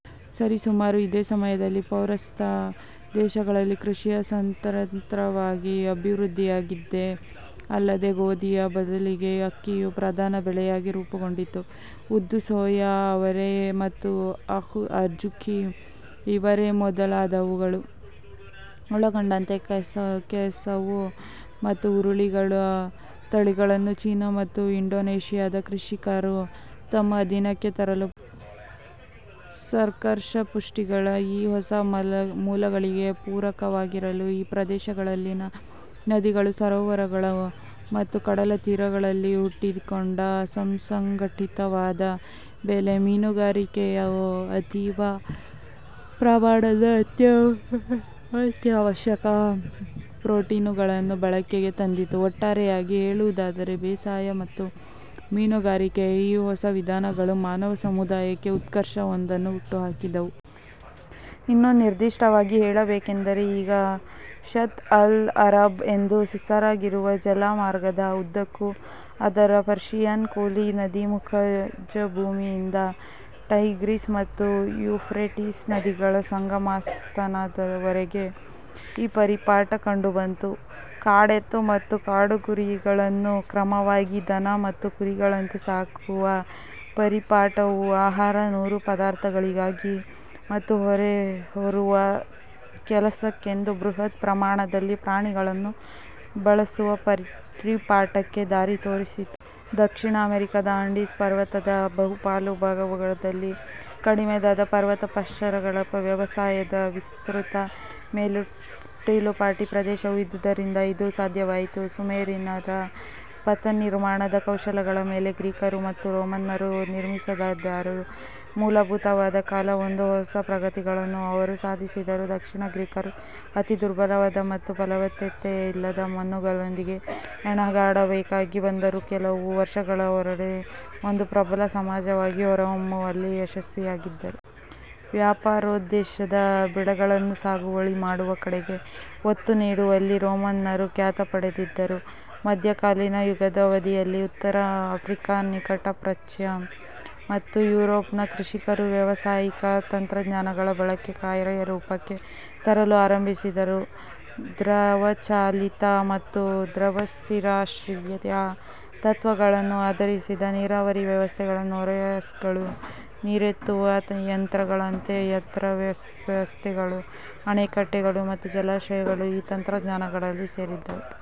ಸರಿ ಸುಮಾರು ಇದೇ ಸಮಯದಲ್ಲಿ, ಪೌರಸ್ತ್ಯ ದೇಶಗಳಲ್ಲಿ ಕೃಷಿಯು ಸ್ವತಂತ್ರವಾಗಿ ಅಭಿವೃದ್ಧಿಯಾಗಿದ್ದೇ ಅಲ್ಲದೇ, ಗೋಧಿ ಯ ಬದಲಿಗೆ ಅಕ್ಕಿ ಯು ಪ್ರಧಾನ ಬೆಳೆಯಾಗಿ ರೂಪುಗೊಂಡಿತು. ಉದ್ದು, ಸೋಯಾ ಅವರೆ ಮತ್ತು ಅಝುಕಿ ಇವೇ ಮೊದಲಾದವುಗಳನ್ನು ಒಳಗೊಂಡಂತೆ ಕೆಸವು ಮತ್ತು ಹುರುಳಿಗಳ ತಳಿಗಳನ್ನು ಚೀನಾ ಮತ್ತು ಇಂಡೋನೇಷಿಯಾದ ಕೃಷಿಕರು ತಮ್ಮ ಅಧೀನಕ್ಕೆ ತರಲು ಪ್ರಾರಂಭಿಸಿದರು. ಶರ್ಕರಪಿಷ್ಟಗಳ ಈ ಹೊಸ ಮೂಲಗಳಿಗೆ ಪೂರಕವಾಗಿರಲು, ಈ ಪ್ರದೇಶಗಳಲ್ಲಿನ ನದಿಗಳು, ಸರೋವರಗಳು ಮತ್ತು ಕಡಲ ತೀರಗಳಲ್ಲಿ ಹುಟ್ಟಿಕೊಂಡ ಸುಸಂಘಟಿತವಾದ ಬಲೆ- ಮೀನುಗಾರಿಕೆಯು ಅತೀವ ಪ್ರಮಾಣದ ಅತ್ಯಾವಶ್ಯಕ ಪ್ರೊಟೀನುಗಳನ್ನು ಬಳಕೆಗೆ ತಂದಿತು. ಒಟ್ಟಾರೆಯಾಗಿ ಹೇಳುವುದಾದರೆ, ಬೇಸಾಯ ಮತ್ತು ಮೀನುಗಾರಿಕೆಯ ಈ ಹೊಸ ವಿಧಾನಗಳು ಮಾನವ ಸಮುದಾಯದ ಉತ್ಕರ್ಷವೊಂದನ್ನು ಹುಟ್ಟುಹಾಕಿದವು. ಇನ್ನೂ ನಿರ್ದಿಷ್ಟವಾಗಿ ಹೇಳಬೇಕೆಂದರೆ, ಈಗ ಷತ್ ಅಲ್-ಅರಬ್ ಎಂದು ಹೆಸರಾಗಿರುವ ಜಲಮಾರ್ಗದ ಉದ್ದಕ್ಕೂ, ಅದರ ಪರ್ಷಿಯನ್ ಕೊಲ್ಲಿ ನದೀಮುಖಜಭೂಮಿಯಿಂದ ಟೈಗ್ರಿಸ್ ಮತ್ತು ಯೂಫ್ರೆಟೀಸ್ ನದಿಗಳ ಸಂಗಮಸ್ಥಾನದವರೆಗೆ ಈ ಪರಿಪಾಠ ಕಂಡುಬಂತು. ಕಾಡೆತ್ತು ಮತ್ತು ಕಾಡುಕುರಿಗಳನ್ನು ಕ್ರಮವಾಗಿ ದನ ಮತ್ತು ಕುರಿಗಳಂತೆ ಸಾಕುವ ಪರಿಪಾಠವು ಆಹಾರ/ನಾರು ಪದಾರ್ಥಗಳಿಗಾಗಿ ಮತ್ತು ಹೊರೆಹೊರುವ ಕೆಲಸಕ್ಕೆಂದು ಬೃಹತ್-ಪ್ರಮಾಣದಲ್ಲಿ ಪ್ರಾಣಿಗಳನ್ನು ಬಳಸುವ ಪರಿಪಾಠಕ್ಕೆ ದಾರಿ ತೋರಿಸಿತು. ದಕ್ಷಿಣ ಅಮೆರಿಕದ ಆಂಡೀಸ್ ಪರ್ವತದ ಬಹುಪಾಲು ಭಾಗದಲ್ಲಿ ಕಡಿದಾದ ಪರ್ವತಪಾರ್ಶ್ವಗಳ ವ್ಯವಸಾಯದ ವಿಸ್ತೃತ ಮೆಟ್ಟಿಲುಪಾತಿ ಪ್ರದೇಶವು ಇದ್ದುದರಿಂದ ಇದು ಸಾಧ್ಯವಾಯಿತು. ಸುಮೇರಿಯನ್ನರ ಪಥನಿರ್ಮಾಣದ ಕೌಶಲಗಳ ಮೇಲೆ ಗ್ರೀಕರು ಮತ್ತು ರೋಮನ್ನರು ನಿರ್ಮಿಸಿದರಾದರೂ, ಮೂಲಭೂತವಾದ ಕೆಲವೊಂದು ಹೊಸ ಪ್ರಗತಿಗಳನ್ನು ಅವರು ಸಾಧಿಸಿದರು. ದಕ್ಷಿಣದ ಗ್ರೀಕರು ಅತಿ ದುರ್ಬಲವಾದ ಅಥವಾ ಫಲವತ್ತತೆಯಿಲ್ಲದ ಮಣ್ಣುಗಳೊಂದಿಗೆ ಹೆಣಗಾಡಬೇಕಾಗಿ ಬಂದರೂ, ಕೆಲವು ವರ್ಷಗಳವರೆಗೆ ಒಂದು ಪ್ರಬಲ ಸಮಾಜವಾಗಿ ಹೊರಹೊಮ್ಮುವಲ್ಲಿ ಯಶಸ್ವಿಯಾದರು. ವ್ಯಾಪಾರೋದ್ದೇಶದ ಬೆಳೆಗಳನ್ನು ಸಾಗುವಳಿ ಮಾಡುವ ಕಡೆಗೆ ಒತ್ತು ನೀಡುವಲ್ಲಿ ರೋಮನ್ನರು ಖ್ಯಾತಿ ಪಡೆದಿದ್ದರು. ಮಧ್ಯಕಾಲೀನ ಯುಗದ ಅವಧಿಯಲ್ಲಿ, ಉತ್ತರ ಆಫ್ರಿಕಾ, ನಿಕಟಪ್ರಾಚ್ಯ, ಮತ್ತು ಯುರೋಪ್ನ ಕೃಷಿಕರು ವ್ಯಾವಸಾಯಿಕ ತಂತ್ರಜ್ಞಾನಗಳ ಬಳಕೆಯನ್ನು ಕಾರ್ಯರೂಪಕ್ಕೆ ತರಲು ಆರಂಭಿಸಿದರು. ದ್ರವಚಾಲಿತ ಮತ್ತು ದ್ರವಸ್ಥಿತಿಶಾಸ್ತ್ರೀಯ ತತ್ತ್ವಗಳನ್ನು ಆಧರಿಸಿದ ನೀರಾವರಿ ವ್ಯವಸ್ಥೆಗಳು, ನೋರಿಯಾಸ್ಗಳು, ನೀರೆತ್ತುವ ಯಂತ್ರಗಳಂಥ ಯಂತ್ರವ್ಯವಸ್ಥೆಗಳು, ಅಣೆಕಟ್ಟೆಗಳು, ಮತ್ತು ಜಲಾಶಯಗಳು ಈ ತಂತ್ರಜ್ಞಾನಗಳಲ್ಲಿ ಸೇರಿದ್ದವು.